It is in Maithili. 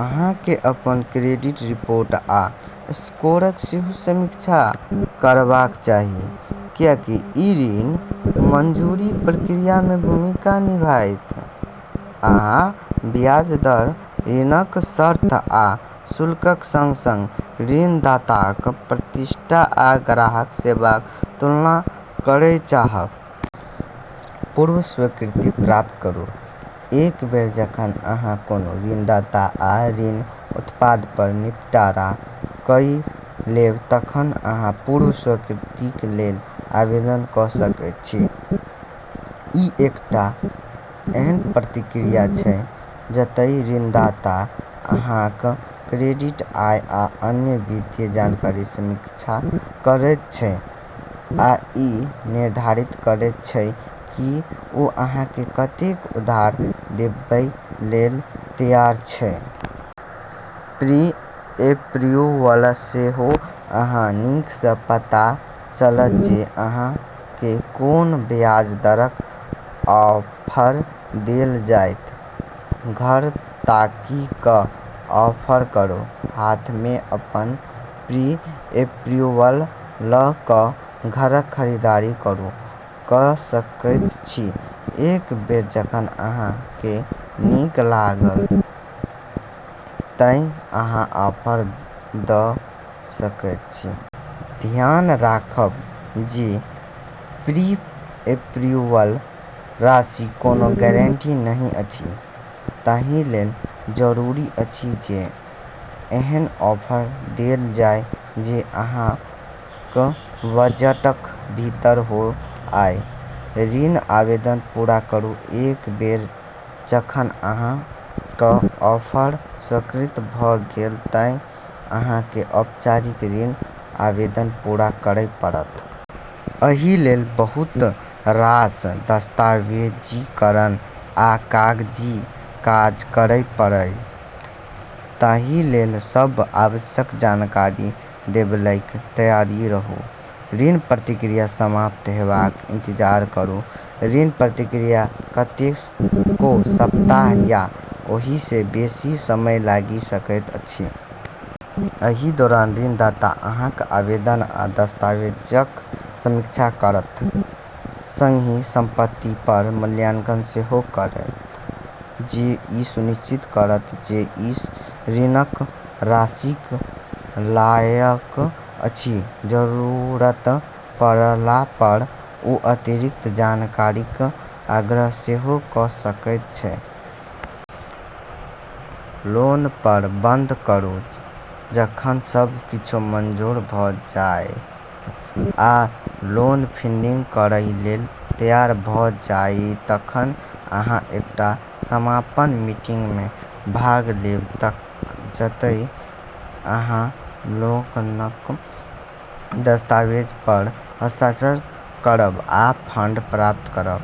अहाँकेँ अपन क्रेडिट रिपोर्ट आ स्कोरक सेहो समीक्षा करबाक चाही, कियाकि ई ऋण मंजूरी प्रक्रियामे भूमिका निभायत। अहाँ ब्याज दर, ऋणक शर्त, आ शुल्कक संग-संग ऋणदाताक प्रतिष्ठा आ ग्राहक सेवाक तुलना करै चाहब। पूर्व स्वीकृति प्राप्त करू: एक बेर जखन अहाँ कोनो ऋणदाता आ ऋण उत्पादपर निपटारा कऽ लेब तखन अहाँ पूर्व स्वीकृतिलेल आवेदन कऽ सकैत छी। ई एकटा एहन प्रक्रिया छै जतय ऋणदाता अहाँक क्रेडिट, आय आ अन्य वित्तीय जानकारीक समीक्षा करैत छै आ ई निर्धारित करैत छै कि ओ अहाँकेँ कतेक उधार देबैलेल तैयार छै। प्री-एप्रूवलसँ सेहो अहाँकेँ नीकसँ पता चलत जे अहाँकेँ कोन ब्याज दरक ऑफर देल जायत। घर ताकी कऽ ऑफर करू: हाथमे अपन प्री-एप्रूवल लऽ कऽ घरक खरीदारी शुरू कऽ सकैत छी। एक बेर जखन अहाँकेँ नीक लागय तँ अहाँ ऑफर दऽ सकैत छी। ध्यान राखब जे प्री-एप्रूवल राशि कोनो गारंटी नहि अछि, ताहिलेल जरूरी अछि जे एहन ऑफर देल जाय जे अहाँक बजटक भीतर होआय। ऋण आवेदन पूरा करू: एक बेर जखन अहाँक ऑफर स्वीकार भऽ गेल तँ अहाँकेँ औपचारिक ऋण आवेदन पूरा करै पड़त। एहिलेल बहुत रास दस्तावेजीकरण आ कागजी काज करै पड़त, ताहिलेल सभ आवश्यक जानकारी देबैलेल तैयार रहू। ऋण प्रक्रिया समाप्त हेबाक इंतजार करू: ऋण प्रक्रियामे कतेको सप्ताह या ओहिसँ बेसी समय लागि सकैत अछि। एहि दौरान ऋणदाता अहाँक आवेदन आ दस्तावेजक समीक्षा करत, संगहि संपत्तिपर मूल्यांकन सेहो करत जे ई सुनिश्चित करत जे ई ऋणक राशिक लायक अछि। जरूरत पड़लापर ओ अतिरिक्त जानकारीक आग्रह सेहो कऽ सकैत छै। लोनपर बंद करू: जखन सब किछु मंजूर भऽ जायत आ लोन फंडिंग करैलेल तैयार भऽ जायत तखन अहाँ एकटा समापन मीटिंगमे भाग लेब जतय अहाँ लोनक दस्तावेजपर हस्ताक्षर करब आ फंड प्राप्त करब।